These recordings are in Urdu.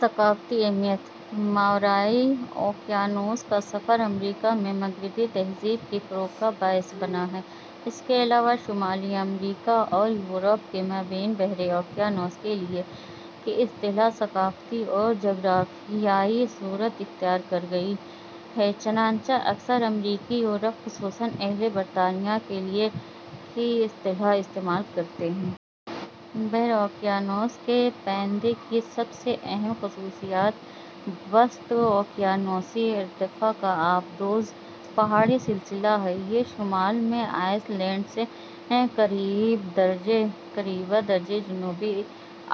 ثقافتی اہمیت: ماورائے اوقیانوس کا سفر امریکا میں مغربی تہذیب کے فروغ کا باعث بنا ہے، اس کے علاوہ شمالی امریکا اور یورپ کے مابین بحرِ اوقیا نوس کے لیے کی اصطلاح ثقافتی اور جغرافیائی صورت اختیار کر گئی ہے، چنانچہ اکثر امریکی، یورپ خصوصاً اہلِ برطانیہ کے لیے "" کی اصطلاح استعمال کرتے ہیں۔ بحر اوقیانوس کے پیندے کی سب سے اہم خصوصیت وسط اوقیانوسی ارتفاع کا آبدوز پہاڑی سلسلہ ہے۔ یہ شمال میں آئس لینڈ سے قریبا درجے جنوبی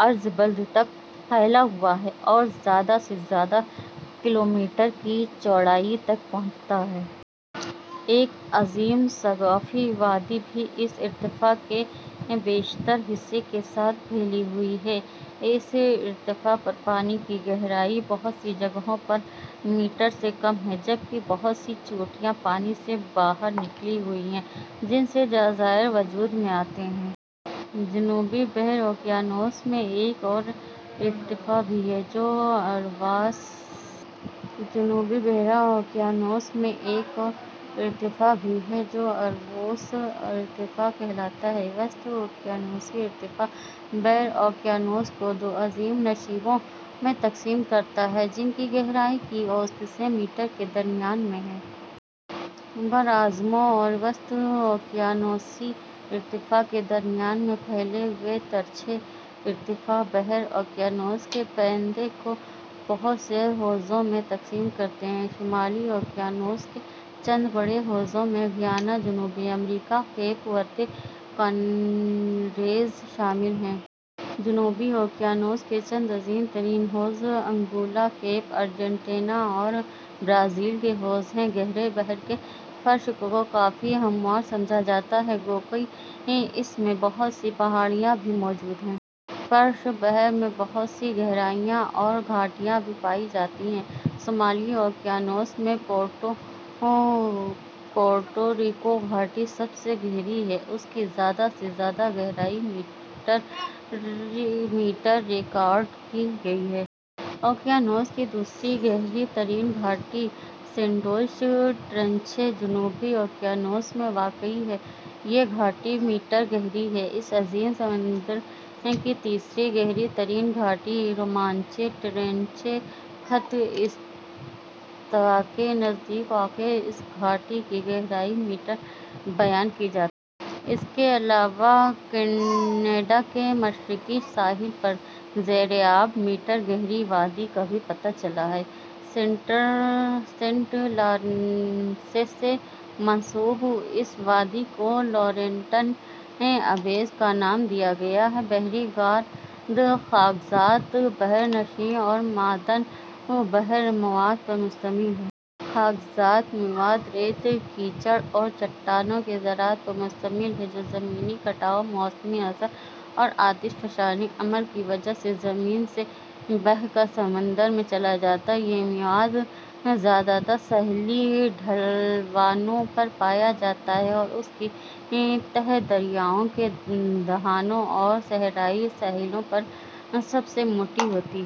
عرض بلد تک پھیلا ہوا ہے اور زیادہ سے زیادہ کلومیٹر کی چوڑائی تک پہنچتا ہے۔ ایک عظیم شگافی وادی بھی اس ارتفاع کے بیشتر حصے کے ساتھ پھیلی ہوئی ہے۔ اس ارتفاع پر پانی کی گہرائی بہت سی جگہوں پر میٹر سے کم ہے جبکہ بہت سی چوٹیاں پانی سے باہر نکلی ہوئی ہیں جن سے جزائر وجود میں آتے ہیں۔ جنوبی بحر اوقیانوس میں ایک اور ارتفاع بھی ہے جو والوس ارتفاع کہلاتا ہے۔ وسط اوقیانوسی ارتفاع بحر اوقیانوس کو دو عظیم نشیبوں میں تقسیم کرتا ہے جن کی گہرائی کی اوسط سے میٹر کے درمیان میں ہے۔ براعظموں اور وسط اوقیانوسی ارتفاع کے درمیان میں پھیلے ہوئے ترچھے ارتفاع بحر اوقیانوس کے پیندے کو بہت سے حوضوں میں تقسیم کرتے ہیں۔ شمالی اوقیانوس کے چند بڑے حوضوں میں گیانا ، جنوبی امریکا، کیپ وردے، کانریز شامل ہیں۔ جنوبی اوقیانوس کے چند عظیم ترین حوض انگولا، کیپ، ارجنٹینا اور برازیل کے حوض ہیں۔ گہرے بحر کے فرش کو کافی ہموار سمجھا جاتا ہے گوکہ اس میں بہت سی پہاڑیاں بھی موجود ہیں۔ فرش بحر میں بہت سی گہرائیاں اور گھاٹیاں بھی پائی جاتی ہیں۔ شمالی اوقیانوس میں پورٹو ریکو گھاٹی سب سے گہری ہے۔ اس کی زیادہ سے زیادہ گہرائی, میٹرریکا رڈ کی گئی ہے۔ اوقیانوس کی دوسری گہری ترین گھاٹی سینڈوچ ٹرنچہے، جنو بی اوقیانوس میں واقع یہ گھاٹی میٹرگہری ہے، اس عظیم سمندر کی تیسری گہری ترین گھاٹی رومانچے ٹرنچہے، خط ِاستواکے نزدیک واقع اس گھاٹی کی گہرائی میٹربیان کی جاتی ہے۔ اس کے علاوہ کینیڈا کے مشرقی ساحل پر زیرِآب, میٹر گہری وادی کا بھی پتہ چلا ہے، سینٹ لارنسسے منسوب اس وادی کولورینٹن ابیز کا نام دیا گیا ہے۔ بحری گاد خاکزاد، بحرنشین اور معدن البحر مواد پر مشتمل ہے۔ خاکزاد مواد ریت، کیچڑ اور چٹانوں کے ذرات پر مشتمل ہے جو زمینی کٹاؤ، موسمی اثر اور آتش فشانی عمل کی وجہ سے زمین سے بہہ کر سمندر میں چلا جاتا ہے۔ یہ مواد زیادہ تر ساحلی ڈھلوانوں پر پایا جاتا ہے اور اس کی تہ دریاؤں کے دہانوں اور صحرائی ساحلوں پر سب سے موٹی ہوتی ہے۔